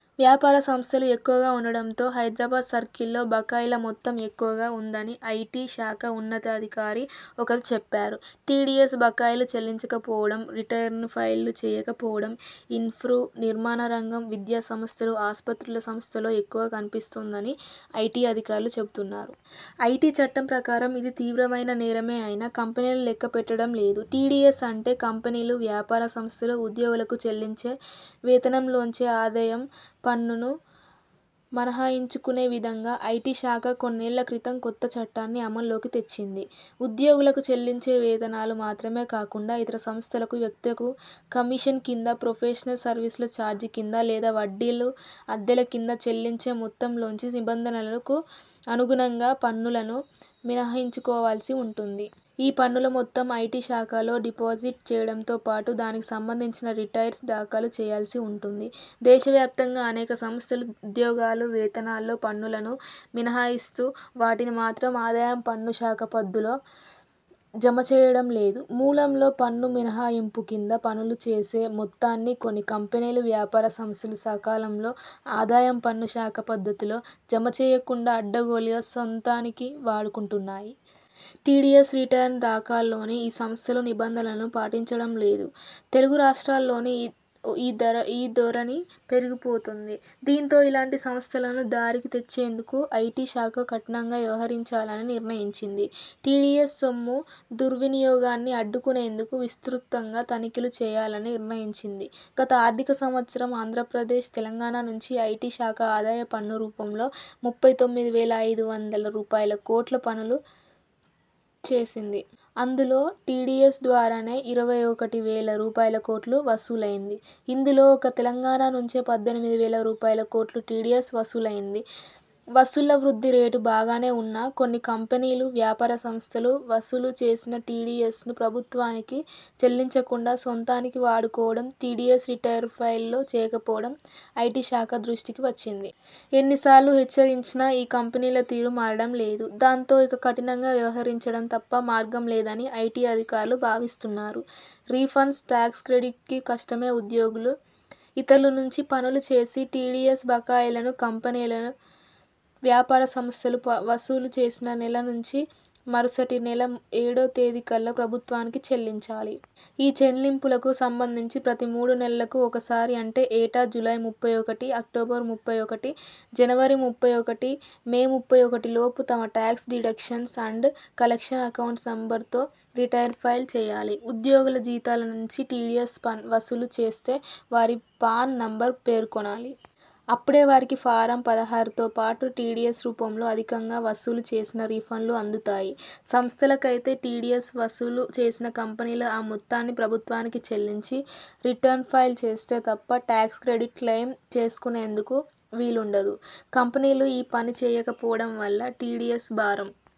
వ్యాపార సంస్థలు ఎక్కువగా ఉండడంతో హైదరాబాద్ సర్కిల్లో బకాయిల మొత్తం ఎక్కువగా ఉందని ఐటి శాఖ ఉన్నతాధికారి ఒకరు చెప్పారు. టిడిఎస్ బకాయిలు చెల్లించకపోవడం, రిటర్న్లు ఫైల్ చేయక పోవడం ఇన్ఫ్రా, నిర్మాణ రంగం, విద్యా సంస్థలు, ఆస్పత్రుల సంస్థల్లో ఎక్కువగా కనిపిస్తోందని ఐటి అధికారులు చెబుతున్నారు. ఐటి చట్టం ప్రకారం ఇది తీవ్రమైన నేరమే అయినా కంపెనీలు లెక్కపెట్టడం లేదు. టిడిఎస్ అంటే.. కంపెనీలు, వ్యాపార సంస్థలు ఉద్యోగులకు చెల్లించే వేతనంలోంచే ఆదాయం పన్నును మినహాయించుకునే విధంగా ఐటి శాఖ కొన్నేళ్ల క్రితం కొత్త చట్టాన్ని అమల్లోకి తెచ్చింది. ఉద్యోగులకు చెల్లించే వేతనాలు మాత్రమే కాకుండా ఇతర సంస్థలకు వ్యక్తులకు కమీషన్ కింద, ప్రొఫెషనల్ సర్వీసుల చార్జీ కింద లేదా వడ్డీలు, అద్దెల కింద చెల్లించే మొత్తంలోంచి నిబంధనలకు అనుగుణంగా పన్నులను మినహాయించుకోవాల్సి ఉంటుంది. ఈ పన్నుల మొత్తం ఐటి శాఖలో డిపాజిట్ చేయడంతో పాటు దానికి సంబంధించిన రిటర్న్స్ దాఖలు చేయాల్సి ఉంటుంది. దేశవ్యాప్తంగా అనేక సంస్థలు ఉద్యోగుల వేతనాల్లో పన్నులను మినహాయిస్తూ వాటిని మాత్రం ఆదాయం పన్ను శాఖ పద్దుల్లో జమచేయడం లేదు. మూలంలో పన్ను మినహాయింపు కింద వసూలు చేసే మొత్తాన్నీ కొన్ని కంపెనీలు, వ్యాపార సంస్థలు సకాలంలో ఆదాయం పన్ను శాఖ పద్దులో జమచేయకుండా అడ్డగోలుగా సొంతానికి వాడుకుంటున్నాయి. టిడిఎస్ రిటర్న్ల దాఖల్లోనూ ఈ సంస్థలు నిబంధనలను పాటించడంలేదు. తెలుగు రాష్ట్రాల్లోనూ ఈ ధోరణి పెరిగిపోతోంది. దీంతో ఇలాంటి సంస్థలను దారిలోకి తెచ్చేందుకు ఐటి శాఖ కఠినంగా వ్యవహరించాలని నిర్ణయించింది. టిడిఎస్ సొమ్ము దుర్వినియోగాన్ని అడ్డుకునేందుకు విస్తృతంగా తనిఖీలు చేయాలని నిర్ణయించింది. గత ఆర్థిక సంవత్సరం ఆంధ్రప్రదేశ్, తెలంగాణ నుంచి ఐటి శాఖ ఆదాయ పన్ను రూపం లో ముప్పై తొమ్మిది వేల ఐదు వందల రూపాయలుకోట్లు వసూలు చేసింది. అందు లో టిడిఎస్ ద్వారానే ఇరవై ఒకటి వేల రూపాయలుకోట్లు వసూలైంది. ఇందులో ఒక్క తెలంగాణ నుంచే పద్దెనిమిది వేల రూపాయలుకోట్ల టిడిఎస్ వసూలైంది. వసూళ్ల వృద్ధి రేటు బాగానే ఉన్నా కొన్ని కంపెనీలు, వ్యాపార సంస్థలు వసూలు చేసిన టిడిఎ్సను ప్రభుత్వానికి చెల్లించకుండా సొంతానికి వాడుకోవడం, టిడిఎస్ రిటర్న్లు ఫైల్ చేయకపోవడం ఐటి శాఖ దృష్టికి వచ్చింది. ఎన్నిసార్లు హెచ్చరించినా ఈ కంపెనీల తీరు మారడం లేదు. దాంతో ఇక కఠినంగా వ్యవహరించడం తప్ప మార్గం లేదని ఐటి అధికారులు భావిస్తున్నారు. రీఫండ్స్, టాక్స్ క్రెడిట్కీ కష్టమే ఉద్యోగులు, ఇతరుల నుంచి వసూలు చేసే టిడిఎస్ బకాయిలను కంపెనీలు, వ్యాపార సంస్థలు వసూలు చేసిన నెల నుంచి మరుసటి నెల ఏడో తేదీకల్లా ప్రభుత్వానికి చెల్లించాలి. ఈ చెల్లింపులకు సంబంధించి ప్రతి మూడు నెలలకు ఒకసారి అంటే ఏటా జూలై ముప్పై ఒకటి, అక్టోబర్ ముప్పై ఒకటి, జనవరి ముప్పై ఒకటి, మే ముప్పై ఒకటిలోపు తమ tax deduction and collection account నంబర్తో రిటర్న్లు ఫైల్ చేయాలి. ఉద్యోగుల జీతాల నుంచి టిడిఎస్ వసూలు చేస్తే వారి పాన్ నంబరూ పేర్కొనాలి. అపుడే వారికి ఫారం-పదహారుతోపాటు టిడిఎస్ రూపంలో అధికంగా వసూలు చేసిన రిఫండ్లు అందుతాయి. సంస్థలకైతే టిడిఎస్ వసూ లు చేసిన కంపెనీలు ఆ మొత్తాన్ని ప్రభుత్వానికి చెల్లించి రిటర్న్ ఫైల్ చేస్తే తప్ప టాక్స్ క్రెడిట్ క్లెయిమ్ చేసుకునేందుకు వీలుండదు. 'కంపెనీలు ఈ పని చేయక పోవడం వల్ల టిడిఎస్ భారం